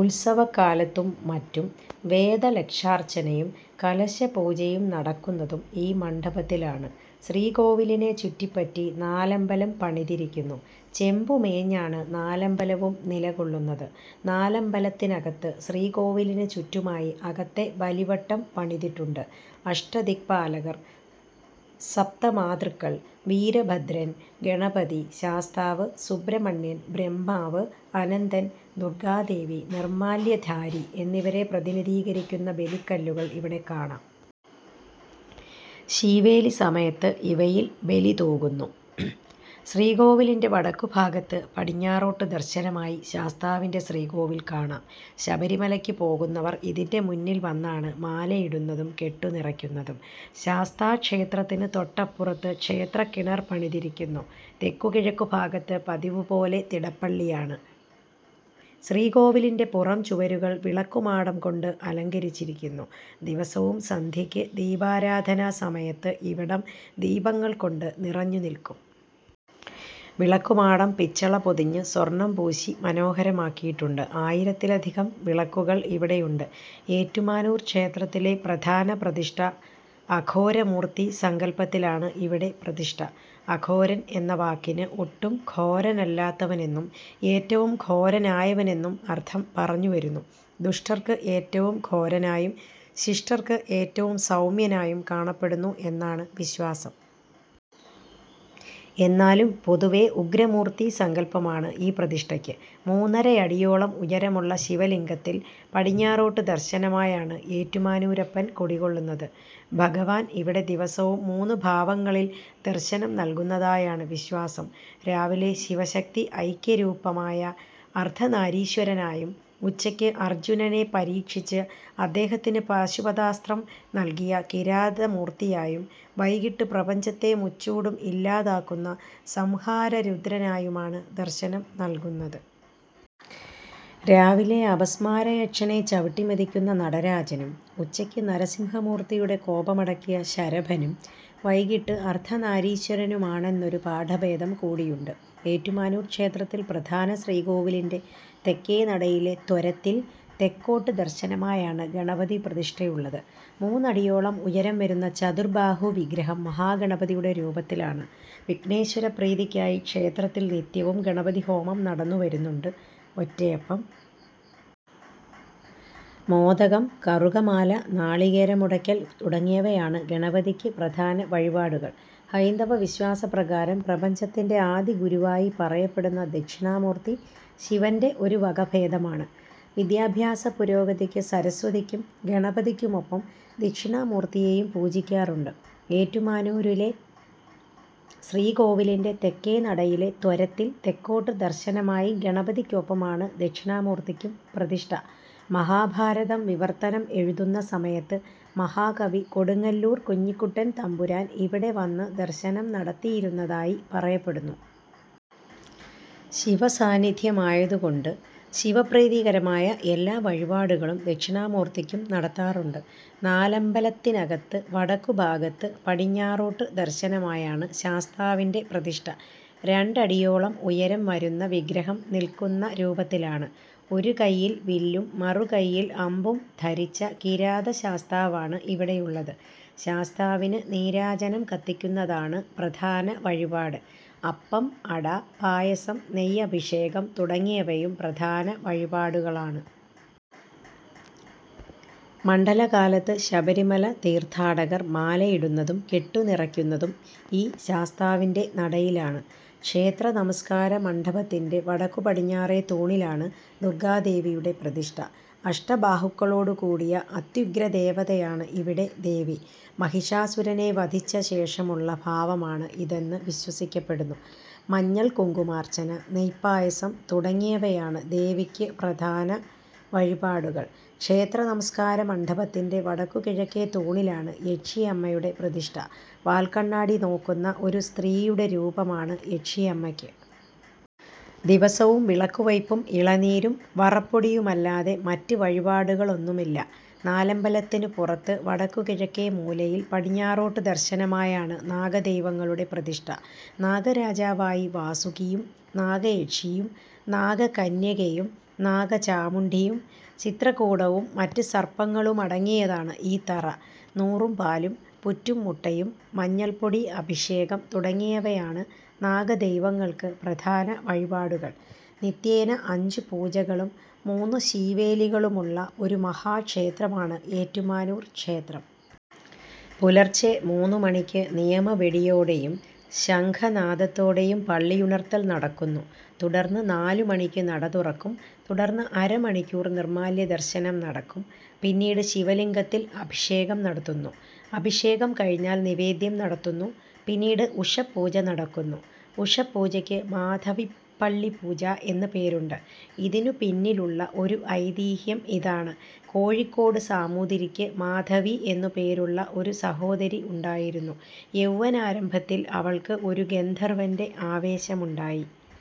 ഉത്സവക്കാലത്തും മറ്റും വേദലക്ഷാർച്ചനയും കലശപൂജയും നടക്കുന്നതും ഈ മണ്ഡപത്തിലാണ്. ശ്രീകോവിലിനെ ചുറ്റിപ്പറ്റി നാലമ്പലം പണിതിരിക്കുന്നു. ചെമ്പുമേഞ്ഞാണ് നാലമ്പലവും നിലകൊള്ളുന്നത്. നാലമ്പലത്തിനകത്ത് ശ്രീകോവിലിന് ചുറ്റുമായി അകത്തെ ബലിവട്ടം പണിതിട്ടുണ്ട്. അഷ്ടദിക്പാലകർ. സപ്തമാതൃക്കൾ. വീരഭദ്രൻ. ഗണപതി. ശാസ്താവ്. സുബ്രഹ്മണ്യൻ. ബ്രഹ്മാവ്. അനന്തൻ. ദുർഗാദേവി. നിർമ്മാല്യധാരി എന്നിവരെ പ്രതിനിധീകരിക്കുന്ന ബലിക്കല്ലുകൾ ഇവിടെ കാണാം. ശീവേലിസമയത്ത് ഇവയിൽ ബലി തൂകുന്നു. ശ്രീകോവിലിൻ്റെ വടക്കുഭാഗത്ത് പടിഞ്ഞാറോട്ട് ദർശനമായി ശാസ്താവിൻ്റെ ശ്രീകോവിൽ കാണാം. ശബരിമലയ്ക്ക് പോകുന്നവർ ഇതിൻ്റെ മുന്നിൽ വന്നാണ് മാലയിടുന്നതും കെട്ടുനിറയ്ക്കുന്നതും. ശാസ്താക്ഷേത്രത്തിന് തൊട്ടപ്പുറത്ത് ക്ഷേത്രക്കിണർ പണിതിരിക്കുന്നു. തെക്കുകിഴക്കുഭാഗത്ത് പതിവുപോലെ തിടപ്പള്ളിയാണ്. ശ്രീകോവിലിൻ്റെ പുറംചുവരുകൾ വിളക്കുമാടം കൊണ്ട് അലങ്കരിച്ചിരിക്കുന്നു. ദിവസവും സന്ധ്യയ്ക്ക് ദീപാരാധനാസമയത്ത് ഇവിടം ദീപങ്ങൾകൊണ്ട് നിറഞ്ഞുനിൽക്കും. വിളക്കുമാടം പിച്ചള പൊതിഞ്ഞ് സ്വർണം പൂശി മനോഹരമാക്കിയിട്ടുണ്ട്. ആയിരത്തിലധികം വിളക്കുകൾ ഇവിടെയുണ്ട്. ഏറ്റുമാനൂർ ക്ഷേത്രത്തിലെ പ്രധാന പ്രതിഷ്ഠ അഘോരമൂർത്തി സങ്കല്പത്തിലാണ് ഇവിടെ പ്രതിഷ്ഠ. അഘോരൻ എന്ന വാക്കിന് ഒട്ടും ഘോരനല്ലാത്തവനെന്നും ഏറ്റവും ഘോരനായവനെന്നും അർഥം പറഞ്ഞുവരുന്നു. ദുഷ്ടർക്ക് ഏറ്റവും ഘോരനായും ശിഷ്ടർക്ക് ഏറ്റവും സൗമ്യനായും കാണപ്പെടുന്നു എന്നാണ് വിശ്വാസം. എന്നാലും പൊതുവേ ഉഗ്രമൂർത്തി സങ്കല്പമാണ് ഈ പ്രതിഷ്ഠയ്ക്ക്. മൂന്നരയടിയോളം ഉയരമുള്ള ശിവലിംഗത്തിൽ പടിഞ്ഞാറോട്ട് ദർശനമായാണ് ഏറ്റുമാനൂരപ്പൻ കുടികൊള്ളുന്നത്. ഭഗവാൻ ഇവിടെ ദിവസവും മൂന്ന് ഭാവങ്ങളിൽ ദർശനം നൽകുന്നതായാണ് വിശ്വാസം. രാവിലെ ശിവശക്തി ഐക്യരൂപമായ അർധനാരീശ്വരനായും ഉച്ചയ്ക്ക് അർജുനനെ പരീക്ഷിച്ച് അദ്ദേഹത്തിന് പാശുപതാസ്ത്രം നൽകിയ കിരാതമൂർത്തിയായും വൈകീട്ട് പ്രപഞ്ചത്തെ മുച്ചൂടും ഇല്ലാതാക്കുന്ന സംഹാരരുദ്രനായുമാണ് ദർശനം നൽകുന്നത്. രാവിലെ അപസ്മാരയക്ഷനെ ചവിട്ടിമെതിക്കുന്ന നടരാജനും ഉച്ചയ്ക്ക് നരസിംഹമൂർത്തിയുടെ കോപമടക്കിയ ശരഭനും വൈകീട്ട് അർധനാരീശ്വരനുമാണെന്നൊരു പാഠഭേദം കൂടിയുണ്ട്. ഏറ്റുമാനൂർ ക്ഷേത്രത്തിൽ പ്രധാന ശ്രീകോവിലിൻ്റെ തെക്കേ നടയിലെ ത്വരത്തിൽ തെക്കോട്ട് ദർശനമായാണ് ഗണപതിപ്രതിഷ്ഠയുള്ളത്. മൂന്നടിയോളം ഉയരം വരുന്ന ചതുർബാഹുവിഗ്രഹം മഹാഗണപതിയുടെ രൂപത്തിലാണ്. വിഘ്നേശ്വരപ്രീതിക്കായി ക്ഷേത്രത്തിൽ നിത്യവും ഗണപതിഹോമം നടന്നുവരുന്നുണ്ട്. ഒറ്റയപ്പം. മോദകം. കറുകമാല. നാളികേരമുടയ്ക്കൽ തുടങ്ങിയവയാണ് ഗണപതിക്ക് പ്രധാന വഴിപാടുകൾ. ഹൈന്ദവവിശ്വാസപ്രകാരം പ്രപഞ്ചത്തിൻ്റെ ആദിഗുരുവായി പറയപ്പെടുന്ന ദക്ഷിണാമൂർത്തി ശിവൻ്റെ ഒരു വകഭേദമാണ്. വിദ്യാഭ്യാസ പുരോഗതിക്ക് സരസ്വതിക്കും ഗണപതിക്കുമൊപ്പം ദക്ഷിണാമൂർത്തിയെയും പൂജിക്കാറുണ്ട്. ഏറ്റുമാനൂരിലെ ശ്രീകോവിലിൻ്റെ തെക്കേ നടയിലെ ത്വരത്തിൽ തെക്കോട്ട് ദർശനമായി ഗണപതിക്കൊപ്പമാണ് ദക്ഷിണാമൂർത്തിക്കും പ്രതിഷ്ഠ. മഹാഭാരതം വിവർത്തനം എഴുതുന്ന സമയത്ത് മഹാകവി കൊടുങ്ങല്ലൂർ കുഞ്ഞിക്കുട്ടൻ തമ്പുരാൻ ഇവിടെ വന്ന് ദർശനം നടത്തിയിരുന്നതായി പറയപ്പെടുന്നു. ശിവസാന്നിധ്യമായതുകൊണ്ട് ശിവപ്രീതികരമായ എല്ലാ വഴിപാടുകളും ദക്ഷിണാമൂർത്തിക്കും നടത്താറുണ്ട്. നാലമ്പലത്തിനകത്ത് വടക്കുഭാഗത്ത് പടിഞ്ഞാറോട്ട് ദർശനമായാണ് ശാസ്താവിൻ്റെ പ്രതിഷ്ഠ. രണ്ടടിയോളം ഉയരം വരുന്ന വിഗ്രഹം നിൽക്കുന്ന രൂപത്തിലാണ്. ഒരുകയ്യിൽ വില്ലും മറുകയ്യിൽ അമ്പും ധരിച്ച കിരാതശാസ്താവാണ് ഇവിടെയുള്ളത്. ശാസ്താവിന് നീരാജനം കത്തിക്കുന്നതാണ് പ്രധാന വഴിപാട്. അപ്പം. അട. പായസം. നെയ്യഭിഷേകം തുടങ്ങിയവയും പ്രധാന വഴിപാടുകളാണ്. മണ്ഡലകാലത്ത് ശബരിമല തീർഥാടകർ മാലയിടുന്നതും കെട്ടുനിറയ്ക്കുന്നതും ഈ ശാസ്താവിൻ്റെ നടയിലാണ്. ക്ഷേത്രനമസ്കാരമണ്ഡപത്തിൻ്റെ വടക്കുപടിഞ്ഞാറേത്തൂണിലാണ് ദുർഗാദേവിയുടെ പ്രതിഷ്ഠ. അഷ്ടബാഹുക്കളോടുകൂടിയ അത്യുഗ്രദേവതയാണ് ഇവിടെ ദേവി. മഹിഷാസുരനെ വധിച്ചശേഷമുള്ള ഭാവമാണ് ഇതെന്ന് വിശ്വസിക്കപ്പെടുന്നു. മഞ്ഞൾ കുങ്കുമാർച്ചന. നെയ്പായസം തുടങ്ങിയവയാണ് ദേവിക്ക് പ്രധാന വഴിപാടുകൾ. ക്ഷേത്രനമസ്കാരമണ്ഡപത്തിൻ്റെ വടക്കുകിഴക്കേത്തൂണിലാണ് യക്ഷിയമ്മയുടെ പ്രതിഷ്ഠ. വാൽക്കണ്ണാടി നോക്കുന്ന ഒരു സ്ത്രീയുടെ രൂപമാണ് യക്ഷിയമ്മയ്ക്ക്. ദിവസവും വിളക്കുവയ്പും ഇളനീരും വറപ്പൊടിയുമല്ലാതെ മറ്റ് വഴിപാടുകളൊന്നുമില്ല. നാലമ്പലത്തിന് പുറത്ത് വടക്കുകിഴക്കേമൂലയിൽ പടിഞ്ഞാറോട്ട് ദർശനമായാണ് നാഗദൈവങ്ങളുടെ പ്രതിഷ്ഠ. നാഗരാജാവായി വാസുകിയും നാഗയക്ഷിയും നാഗകന്യകയും നാഗചാമുണ്ഡിയും ചിത്രകൂടവും മറ്റ് സർപ്പങ്ങളുമടങ്ങിയതാണ് ഈ തറ. നൂറും പാലും. പുറ്റും മുട്ടയും. മഞ്ഞൾപ്പൊടി അഭിഷേകം തുടങ്ങിയവയാണ് നാഗദൈവങ്ങൾക്ക് പ്രധാന വഴിപാടുകൾ. നിത്യേന അഞ്ചുപൂജകളും മൂന്ന് ശീവേലികളുമുള്ള ഒരു മഹാക്ഷേത്രമാണ് ഏറ്റുമാനൂർ ക്ഷേത്രം. പുലർച്ചെ മൂന്നുമണിക്ക് നിയമവെടിയോടെയും ശംഖനാദത്തോടെയും പള്ളിയുണർത്തൽ നടക്കുന്നു. തുടർന്ന് നാലുമണിക്ക് നടതുറക്കും. തുടർന്ന് അരമണിക്കൂർ നിർമ്മാല്യദർശനം നടക്കും. പിന്നീട് ശിവലിംഗത്തിൽ അഭിഷേകം നടത്തുന്നു. അഭിഷേകം കഴിഞ്ഞാൽ നിവേദ്യം നടത്തുന്നു. പിന്നീട് ഉഷഃപൂജ നടക്കുന്നു. ഉഷഃപൂജയ്ക്ക് മാധവിപ്പള്ളിപ്പൂജ എന്ന് പേരുണ്ട്. ഇതിനുപിന്നിലുള്ള ഒരു ഐതിഹ്യം ഇതാണ്. കോഴിക്കോട് സാമൂതിരിക്ക് മാധവി എന്നുപേരുള്ള ഒരു സഹോദരി ഉണ്ടായിരുന്നു. യൗവനാരംഭത്തിൽ അവൾക്ക് ഒരു ഗന്ധർവൻ്റെ ആവേശമുണ്ടായി.